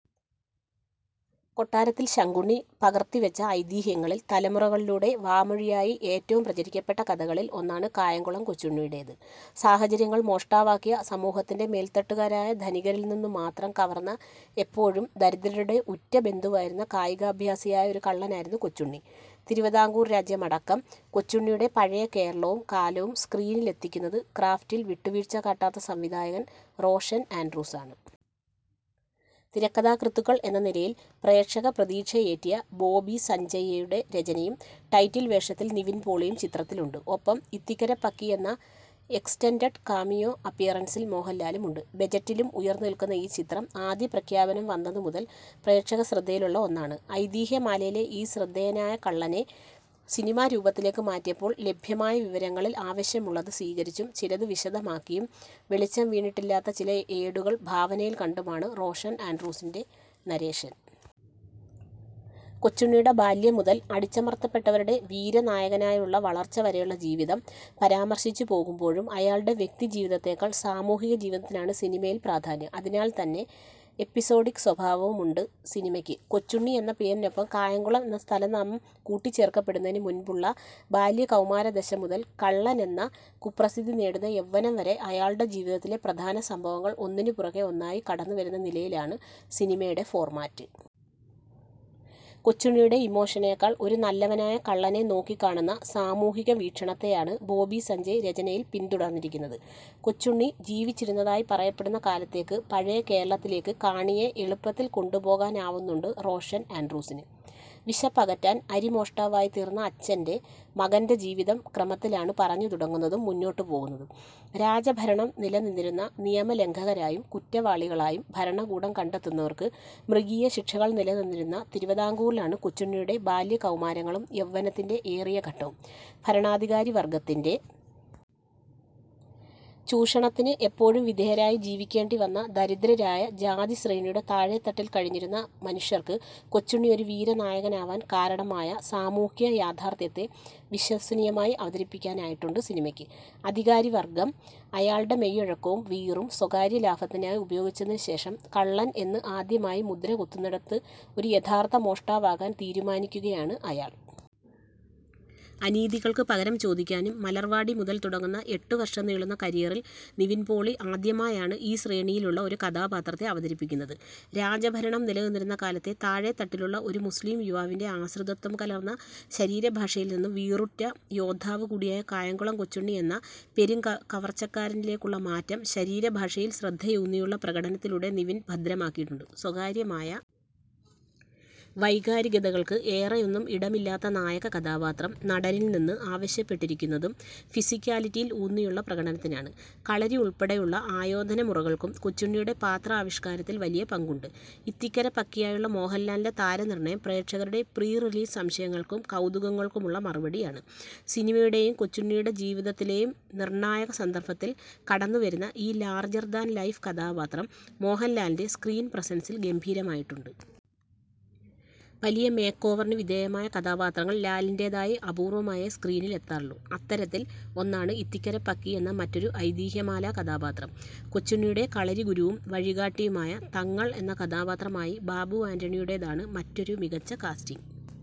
കൊട്ടാരത്തിൽ ശങ്കുണ്ണി പകർത്തിവെച്ച ഐതിഹ്യങ്ങളിൽ തലമുറകളിലൂടെ വാമൊഴിയായി ഏറ്റവും പ്രചരിക്കപ്പെട്ട കഥകളിൽ ഒന്നാണ് കായംകുളം കൊച്ചുണ്ണിയുടേത്. സാഹചര്യങ്ങൾ മോഷ്ടാവാക്കിയ സമൂഹത്തിൻ്റെ മേൽത്തട്ടുകാരായ ധനികരിൽ നിന്ന് മാത്രം കവർന്ന എപ്പോഴും ദരിദ്രരുടെ ഉറ്റബന്ധുവായിരുന്ന കായികാഭ്യാസിയായ ഒരു കള്ളനായിരുന്നു കൊച്ചുണ്ണി. തിരുവിതാംകൂർ രാജ്യമടക്കം കൊച്ചുണ്ണിയുടെ പഴയ കേരളവും കാലവും സ്ക്രീനിലെത്തിക്കുന്നത് ക്രാഫ്റ്റിൽ വിട്ടുവീഴ്ച കാട്ടാത്ത സംവിധായകൻ റോഷൻ ആൻഡ്രൂസാണ്. തിരക്കഥാകൃത്തുക്കൾ എന്ന നിലയിൽ പ്രേക്ഷക പ്രതീക്ഷയേറ്റിയ ബോബി സഞ്ജയ്യുടെ രചനയും ടൈറ്റിൽ വേഷത്തിൽ നിവിൻ പോളിയും ചിത്രത്തിലുണ്ട്. ഒപ്പം ഇത്തിക്കര പക്കി എന്ന എക്സ്റ്റൻഡഡ് കാമിയോ അപ്പിയറൻസിൽ മോഹൻലാലുമുണ്ട്. ബജറ്റിലും ഉയർന്നുനിൽക്കുന്ന ഈ ചിത്രം ആദ്യ പ്രഖ്യാപനം വന്നതുമുതൽ പ്രേക്ഷകശ്രദ്ധയിലുള്ള ഒന്നാണ്. ഐതീഹ്യമാലയിലെ ഈ ശ്രദ്ധേയനായ കള്ളനെ സിനിമാരൂപത്തിലേക്ക് മാറ്റിയപ്പോൾ ലഭ്യമായ വിവരങ്ങളിൽ ആവശ്യമുള്ളത് സ്വീകരിച്ചും ചിലത് വിശദമാക്കിയും വെളിച്ചം വീണിട്ടില്ലാത്ത ചില ഏടുകൾ ഭാവനയിൽ കണ്ടുമാണ് റോഷൻ ആൻഡ്രൂസിൻ്റെ നരേഷൻ. കൊച്ചുണ്ണിയുടെ ബാല്യം മുതൽ അടിച്ചമർത്തപ്പെട്ടവരുടെ വീരനായകനായുള്ള വളർച്ച വരെയുള്ള ജീവിതം പരാമർശിച്ചുപോകുമ്പോഴും അയാളുടെ വ്യക്തിജീവിതത്തേക്കാൾ സാമൂഹികജീവിതത്തിനാണ് സിനിമയിൽ പ്രാധാന്യം. അതിനാൽത്തന്നെ എപ്പിസോഡിക് സ്വഭാവമുണ്ട് സിനിമയ്ക്ക്. കൊച്ചുണ്ണി എന്ന പേരിനൊപ്പം കായംകുളം എന്ന സ്ഥലനാമം കൂട്ടിച്ചേർക്കപ്പെടുന്നതിന് മുൻപുള്ള ബാല്യകൗമാരദശ മുതൽ കള്ളനെന്ന കുപ്രസിദ്ധി നേടുന്ന യൗവനം വരെ അയാളുടെ ജീവിതത്തിലെ പ്രധാന സംഭവങ്ങൾ ഒന്നിനുപിറകെ ഒന്നായി കടന്നുവരുന്ന നിലയിലാണ് സിനിമയുടെ ഫോർമാറ്റ്. കൊച്ചുണ്ണിയുടെ ഇമോഷനേക്കാൾ ഒരു നല്ലവനായ കള്ളനെ നോക്കിക്കാണുന്ന സാമൂഹികവീക്ഷണത്തെയാണ് ബോബി സഞ്ജയ് രചനയിൽ പിന്തുടർന്നിരിക്കുന്നത്. കൊച്ചുണ്ണി ജീവിച്ചിരുന്നതായി പറയപ്പെടുന്ന കാലത്തേക്ക് പഴയ കേരളത്തിലേക്ക് കാണിയെ എളുപ്പത്തിൽ കൊണ്ടുപോകാനാവുന്നുണ്ട് റോഷൻ ആൻഡ്രൂസിന്. വിശപ്പകറ്റാൻ അരി മോഷ്ടാവായിത്തീർന്ന അച്ഛൻ്റെ മകൻ്റെ ജീവിതം ക്രമത്തിലാണ് പറഞ്ഞുതുടങ്ങുന്നതും മുന്നോട്ടുപോകുന്നതും. രാജഭരണം നിലനിന്നിരുന്ന നിയമലംഘകരായും കുറ്റവാളികളായും ഭരണകൂടം കണ്ടെത്തുന്നവർക്ക് മൃഗീയശിക്ഷകൾ നിലനിന്നിരുന്ന തിരുവിതാംകൂറിലാണ് കൊച്ചുണ്ണിയുടെ ബാല്യകൗമാരങ്ങളും യൗവനത്തിൻ്റെ ഏറിയ ഘട്ടവും. ഭരണാധികാരിവർഗത്തിൻ്റെ ചൂഷണത്തിന് എപ്പോഴും വിധേയരായി ജീവിക്കേണ്ടിവന്ന ദരിദ്രരായ ജാതിശ്രേണിയുടെ താഴേത്തട്ടിൽ കഴിഞ്ഞിരുന്ന മനുഷ്യർക്ക് കൊച്ചുണ്ണി ഒരു വീരനായകനാവാൻ കാരണമായ സാമൂഹ്യ യാഥാർഥ്യത്തെ വിശ്വസനീയമായി അവതരിപ്പിക്കാനായിട്ടുണ്ട് സിനിമയ്ക്ക്. അധികാരിവർഗം അയാളുടെ മെയ്വഴക്കവും വീറും സ്വകാര്യലാഫത്തിന് ഉപയോഗിച്ചതിന് ശേഷം കള്ളൻ എന്ന് ആദ്യമായി മുദ്രകുത്തുന്നിടത്ത് ഒരു യഥാർഥ മോഷ്ടാവാകാൻ തീരുമാനിക്കുകയാണ് അയാൾ. അനീതികൾക്ക് പകരം ചോദിക്കാനും. മലർവാടി മുതൽ തുടങ്ങുന്ന എട്ട് വർഷം നീളുന്ന കരിയറിൽ നിവിൻ പോളി ആദ്യമായാണ് ഈ ശ്രേണിയിലുള്ള ഒരു കഥാപാത്രത്തെ അവതരിപ്പിക്കുന്നത്. രാജഭരണം നിലനിന്നിരുന്ന കാലത്തെ താഴേത്തട്ടിലുള്ള ഒരു മുസ്ലിം യുവാവിൻ്റെ ആശ്രിതത്വം കലർന്ന ശരീരഭാഷയിൽ നിന്നും വീറുറ്റ യോദ്ധാവ് കൂടിയായ കായംകുളം കൊച്ചുണ്ണി എന്ന പെരുംക കവർച്ചക്കാരനിലേക്കുള്ള മാറ്റം ശരീരഭാഷയിൽ ശ്രദ്ധയൂന്നിയുള്ള പ്രകടനത്തിലൂടെ നിവിൻ ഭദ്രമാക്കിയിട്ടുണ്ട്. സ്വകാര്യമായ വൈകാരികതകൾക്ക് ഏറെയൊന്നും ഇടമില്ലാത്ത നായകകഥാപാത്രം നടനിൽ നിന്ന് ആവശ്യപ്പെട്ടിരിക്കുന്നതും ഫിസിക്കാലിറ്റിയിൽ ഊന്നിയുള്ള പ്രകടനത്തിനാണ്. കളരി ഉൾപ്പെടെയുള്ള ആയോധനമുറകൾക്കും കൊച്ചുണ്ണിയുടെ പാത്രാവിഷ്കാരത്തിൽ വലിയ പങ്കുണ്ട്. ഇത്തിക്കര പക്കിയായുള്ള മോഹൻലാലിൻ്റെ താരനിർണയം പ്രേക്ഷകരുടെ പ്രീ റിലീസ് സംശയങ്ങൾക്കും കൗതുകങ്ങൾക്കുമുള്ള മറുപടിയാണ്. സിനിമയുടെയും കൊച്ചുണ്ണിയുടെ ജീവിതത്തിലെയും നിർണായക സന്ദർഫത്തിൽ കടന്നുവരുന്ന ഈ ലാർജർ ദാൻ ലൈഫ് കഥാപാത്രം മോഹൻലാലിൻ്റെ സ്ക്രീൻ പ്രസൻസിൽ ഗംഭീരമായിട്ടുണ്ട്. വലിയ മേക്കോവറിന് വിധേയമായ കഥാപാത്രങ്ങൾ ലാലിന്റേതായി അപൂർവമായേ സ്ക്രീനിൽ എത്താറുള്ളൂ. അത്തരത്തിൽ ഒന്നാണ് ഇത്തിക്കര പക്കി എന്ന മറ്റൊരു ഐതീഹ്യമാലാ കഥാപാത്രം. കൊച്ചുണ്ണിയുടെ കളരിഗുരുവും വഴികാട്ടിയുമായ തങ്ങൾ എന്ന കഥാപാത്രമായി ബാബു ആന്റണിയുടേതാണ് മറ്റൊരു മികച്ച കാസ്റ്റിംഗ്